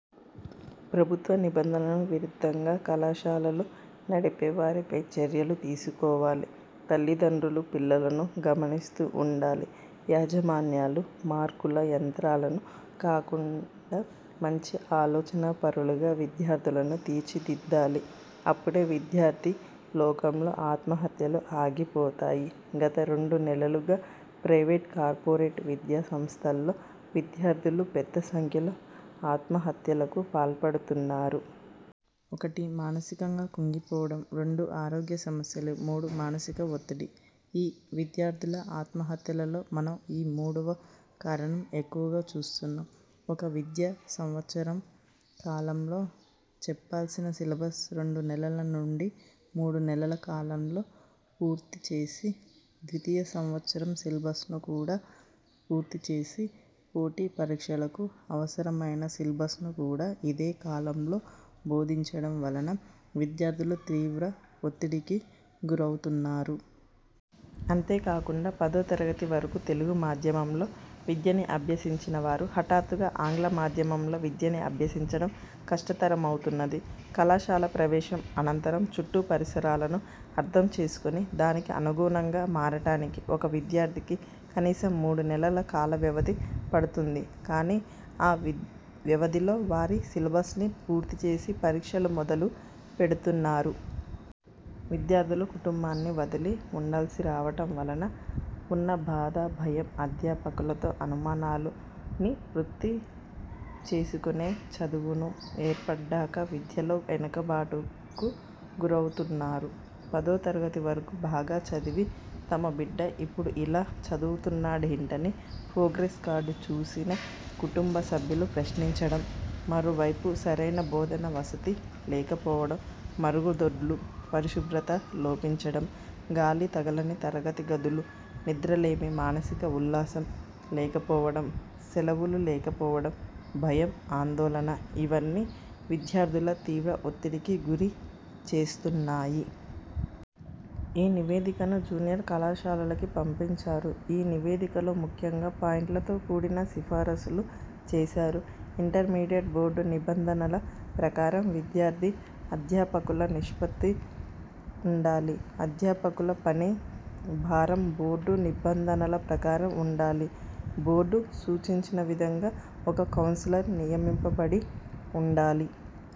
ప్రభుత్వ నిబంధనలకు విరుద్ధంగా కళాశాలలు నడిపే వారిపై చర్యలు తీసుకోవాలి. తల్లిదండ్రులు పిల్లలను గమనిస్తూ ఉండాలి. యాజమాన్యాలు మార్కుల యంత్రాలని కాకుండా మంచి ఆలోచనాపరులుగా విద్యార్థులను తీర్చిదిద్దాలి. అప్పుడే విద్యార్థి లోకంలో ఆత్మహత్యలు ఆగిపోతాయి. గత రెండు నెలలుగా ప్రయివేటు, కార్పొరేట్ విద్యాసంస్థల్లో విద్యార్థులు పెద్దసంఖ్యలో ఆత్మహత్యలకు పాల్పడుతున్నారు. ఒకటి మానసికంగా కుంగిపోవడం, రెండు ఆరోగ్యసమస్యలు, మూడు మానసిక ఒత్తిడి. ఈ విద్యార్థుల ఆత్మహత్యలలో మనం ఈ మూడవ కారణం ఎక్కువగా చూస్తున్నాం. ఒక విద్యా సంవత్సరం కాలంలో చెప్పాల్సిన సిలబస్ రెండు నెలల నుండి మూడు నెలల కాలంలో పూర్తిచేసి ద్వితీయ సంవత్సరం సిలబస్ను కూడా పూర్తిచేసి పోటీ పరీక్షలకు అవసరమైన సిలబస్ను కూడా ఇదే కాలంలో భోదించడం వలన విద్యార్థులు తీవ్ర ఒత్తిడికి గురవుతున్నారు. అంతేకాకుండా పదోతరగతి వరకు తెలుగు మాధ్యమంలో విద్యని అభ్యసించిన వారు హఠాత్తుగా ఆంగ్ల మాధ్యమంలో విద్యని అభ్యసించడం కష్టతరమవుతున్నది. కళాశాల ప్రవేశం అనంతరం చుట్టూ పరిసరాలను అర్థం చేసుకొని దానికి అనుగుణంగా మారటానికి ఒక విద్యార్థికి కనీసం మూడు నెలల కాలవ్యవధి పడుతుంది. కానీ ఆ వ్యవధిలో వారి సిలబస్ని పూర్తిచేసి పరీక్షలు మొదలు పెడుతున్నారు. విద్యార్థులు కుటుంబాన్ని వదిలి ఉండాల్సి రావటం వలన ఉన్న బాధ, భయం, అధ్యాపకులతో అనుమానాలు నివృత్తి చేసుకొనే చనువు ఏర్పడక విద్యలో వెనుకుబాటుకు గురవుతున్నారు. పదోతరగతి వరకు బాగా చదివిన తమ బిడ్డ ఇపుడు ఇలా చదువుతున్నాడేంటని ప్రోగ్రెస్ కార్డు చూసిన కుటుంబ సభ్యులు ప్రశ్నించడం, మరోవైపు సరైన భోజన వసతి లేకపోవడం, మరుగుదొడ్ల పరిశుభ్రత లోపించడం, గాలి తగలని తరగతి గదులు, నిద్రలేమి, మానసిక ఉల్లాసం లేకపోవడం, సెలవులు లేకపోవడం, భయం, ఆందోళన ఇవన్నీ విద్యార్థులను తీవ్ర ఒత్తిడికి గురి చేస్తున్నాయి. ఈ నివేదికను జూనియర్ కళాశాలలకి పంపించారు. ఈ నివేదికలో ముఖ్యంగా పాయింట్లతో కూడిన సిఫార్సులు చేసారు. ఇంటర్ మీడియట్ బోర్డు నిబంధనల ప్రకారం విద్యార్థి, అధ్యాపకుల నిష్పత్తి ఉండాలి. అధ్యాపకుల పని భారం బోర్డు నిబంధనల ప్రకారం ఉండాలి. బోర్డు సూచించిన విధంగా ఒక కౌన్సిలర్ నియమింపబడి ఉండాలి.